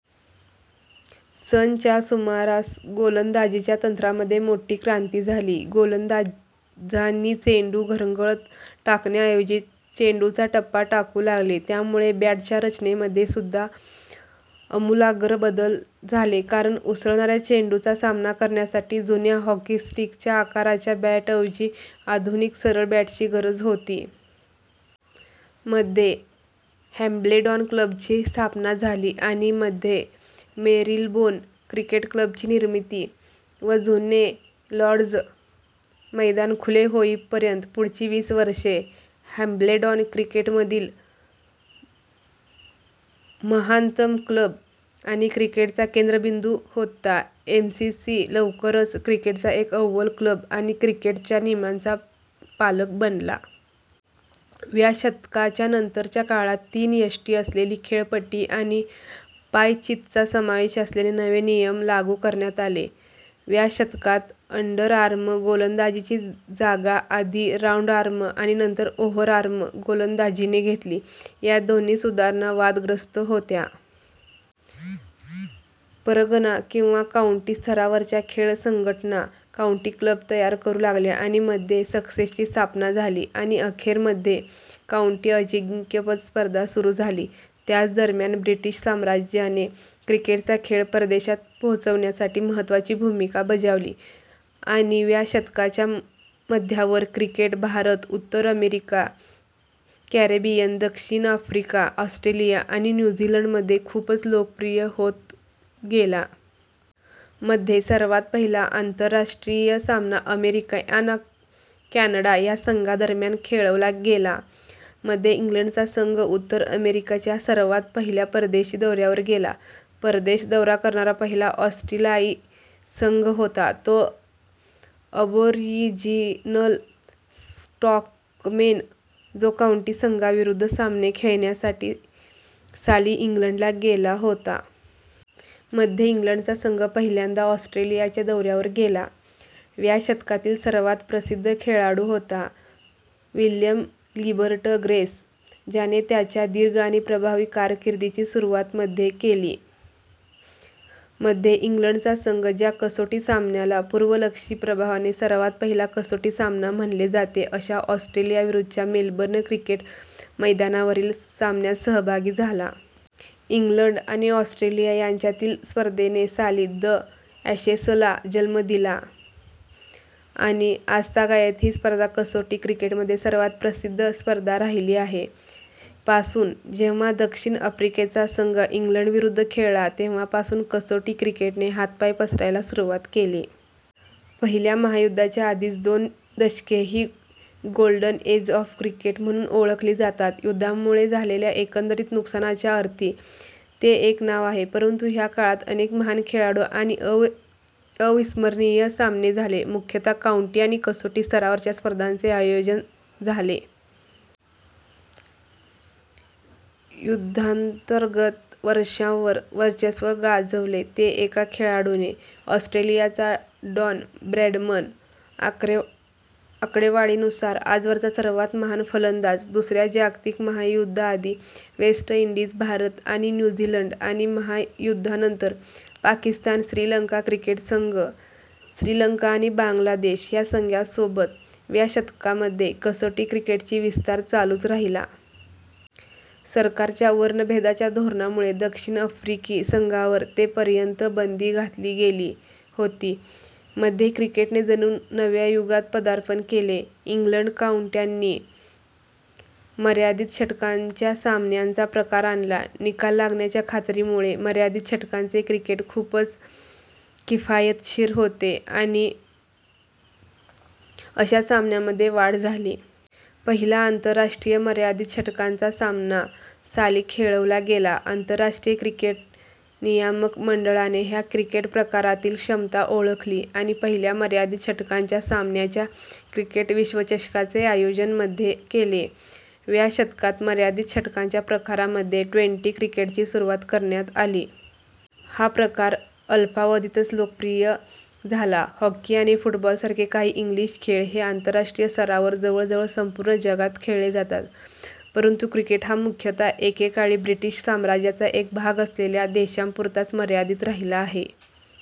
सन च्या सुमारास गोलंदाजीच्या तंत्रामध्ये मोठी क्रांती झाली. गोलंदाजांनी चेंडू घरंगळत टाकण्याऐवजी चेंडूचा टप्पा टाकू लागले. त्यामुळे बॅटच्या रचनेमध्ये सुद्धा अमुलाग्र बदल झाले कारण, उसळणाऱ्या चेंडूचा सामना करण्यासाठी जुन्या "हॉकी स्टिक"च्या आकाराच्या बॅटऐवजी आधुनिक सरळ बॅटची गरज होती. मध्ये हॅम्ब्लेडॉन क्लबची स्थापना झाली आणि मध्ये मेरीलबोन क्रिकेट क्लब ची निर्मिती व जुने लाॅर्ड्ज मैदान खुले होईपर्यंत पुढची वीस वर्षे, हॅम्ब्लेडॉन क्रिकेटमधील महानतम क्लब आणि क्रिकेटचा केंद्रबिंदू होता. एमसीसी लवकरच क्रिकेटचा एक अव्वल क्लब आणि क्रिकेटच्या नियमांचा पालक बनला. व्या शतकाच्या नंतरच्या काळात तीन यष्टी असलेली खेळपट्टी आणि पायचीतचा समावेश असलेले नवे नियम लागू करण्यात आले. व्या शतकात अंडरआर्म गोलंदाजीची जागा आधी राउंडआर्म आणि नंतर ओव्हरआर्म गोलंदाजीने घेतली. ह्या दोन्ही सुधारणा वादग्रस्त होत्या. परगणा किंवा काऊंटी स्तरावरच्या खेळ संघटना काऊंटी क्लब तयार करू लागल्या आणि मध्ये ससेक्सची स्थापना झाली, आणि अखेर मध्ये काउंटी अजिंक्यपद स्पर्धा सुरू झाली. त्याचदरम्यान ब्रिटिश साम्राज्याने क्रिकेटचा खेळ परदेशात पोहोचण्यासाठी महत्त्वाची भूमिका बजावली आणि व्या शतकाच्या मध्यावर क्रिकेट भारत, उत्तर अमेरिका, कॅरेबियन, दक्षिण आफ्रिका, ऑस्ट्रेलिया आणि न्यू झीलंडमध्ये खूप लोकप्रिय होत गेला. मध्ये, सर्वात पहिला आंतरराष्ट्रीय सामना अमेरिका आणि कॅनडा ह्या संघांदरम्यान खेळवला गेला. मध्ये, इंग्लंडचा संघ, उत्तर अमेरिकेच्या, सर्वात पहिल्या परदेशी दौऱ्यावर गेला. परदेश दौरा करणारा पहिला ऑस्ट्रेलियाई संघ होता तो अबोरिजिनल स्टॉकमेन, जो काऊंटी संघांविरुद्ध सामने खेळण्यासाठी साली इंग्लंडला गेला होता.. मध्ये, इंग्लडचा संघ पहिल्यांदा ऑस्ट्रेलियाच्या दौऱ्यावर गेला. व्या शतकातील सर्वात प्रसिद्ध खेळाडू होता विल्यम गिल्बर्ट ग्रेस, ज्याने त्याच्या दीर्घ आणि प्रभावी कारकिर्दीची सुरुवात मध्ये केली. - मध्ये, इंग्लंडचा संघ ज्या कसोटी सामन्याला पूर्वलक्षी प्रभावाने सर्वात पहिला कसोटी सामना म्हणले जाते अशा ऑस्ट्रेलियाविरुद्धच्या मेलबर्न क्रिकेट मैदानावरील सामन्यात सहभागी झाला. इंग्लंड आणि ऑस्ट्रेलिया यांच्यातील स्पर्धेने साली द ॲशेसला जन्म दिला आणि आजतागायत ही स्पर्धा कसोटी क्रिकेटमध्ये सर्वात प्रसिद्ध स्पर्धा राहिली आहे. - पासून जेव्हा दक्षिण आफ्रिकेचा संघ इंग्लंडविरुद्ध खेळला तेव्हा पासून कसोटी क्रिकेटने हातपाय पसरायला सुरुवात केली. पहिल्या महायुद्धाच्या आधीची दोन दशके ही " गोल्डन एज ऑफ क्रिकेट " म्हणून ओळखली जातात. युद्धामुळे झालेल्या एकंदरीत नुकसानाच्या अर्थी ते एक नाव आहे, परंतु ह्या काळात अनेक महान खेळाडू आणि अविस्मरणीय सामने झाले, मुख्यतः काऊंटी आणि कसोटी स्तरावरच्या स्पर्धांचे आयोजन झाले. युद्धांतर्गत वर्षांवर वर्चस्व गाजवले ते एका खेळाडूने: ऑस्ट्रेलियाचा डॉन ब्रॅडमन, आकडेवारीनुसार आजवरचा सर्वात महान फलंदाज. दुसऱ्या जगातिक महायुद्धाआधी वेस्ट इंडीज, भारत आणि न्यू झीलंड आणि महायुद्धानंतर पाकिस्तान, श्रीलंका क्रिकेट संघ श्रीलंका आणि बांगलादेश ह्या संघासोबत व्या शतकामध्ये कसोटी क्रिकेटची विस्तार चालूच राहिला. सरकारच्या वर्णभेदाच्या धोरणामुळे दक्षिण आफ्रिकी संघावर ते पर्यंत बंदी घातली गेली होती. मध्ये क्रिकेटने जणू नव्या युगात पदार्पण केले. इंग्लंड काऊंट्यांनी मर्यादित षटकांच्या सामन्यांचा प्रकार आणला. निकाल लागण्याच्या खात्रीमुळे, मर्यादित षटकांचे क्रिकेट खूपच किफायतशीर होते आणि अशा सामन्यांमध्ये वाढ झाली. पहिला आंतरराष्ट्रीय मर्यादित षटकांचा सामना साली खेळवला गेला. आंतरराष्ट्रीय क्रिकेट नियामक मंडळाने ह्या क्रिकेट प्रकारातील क्षमता ओळखली आणि पहिल्या मर्यादित षटकांच्या सामन्याच्या क्रिकेट विश्वचषकाचे आयोजन मध्ये केले. व्या शतकात मर्यादित षटकांच्या प्रकारामध्ये ट्वेंटी क्रिकेटची सुरुवात करण्यात आली. हा प्रकार अल्पावधीतच लोकप्रिय झाला. हॉकी आणि फुटबॉलसारखे काही इंग्लिश खेळ हे आंतरराष्ट्रीय स्तरावर जवळजवळ संपूर्ण जगात खेळले जातात, परंतुक्रिकेट हा मुख्यत: एके काळी ब्रिटिश साम्राज्याचा एक भाग असलेल्या देशांपुरताच मर्यादित राहिला आहे.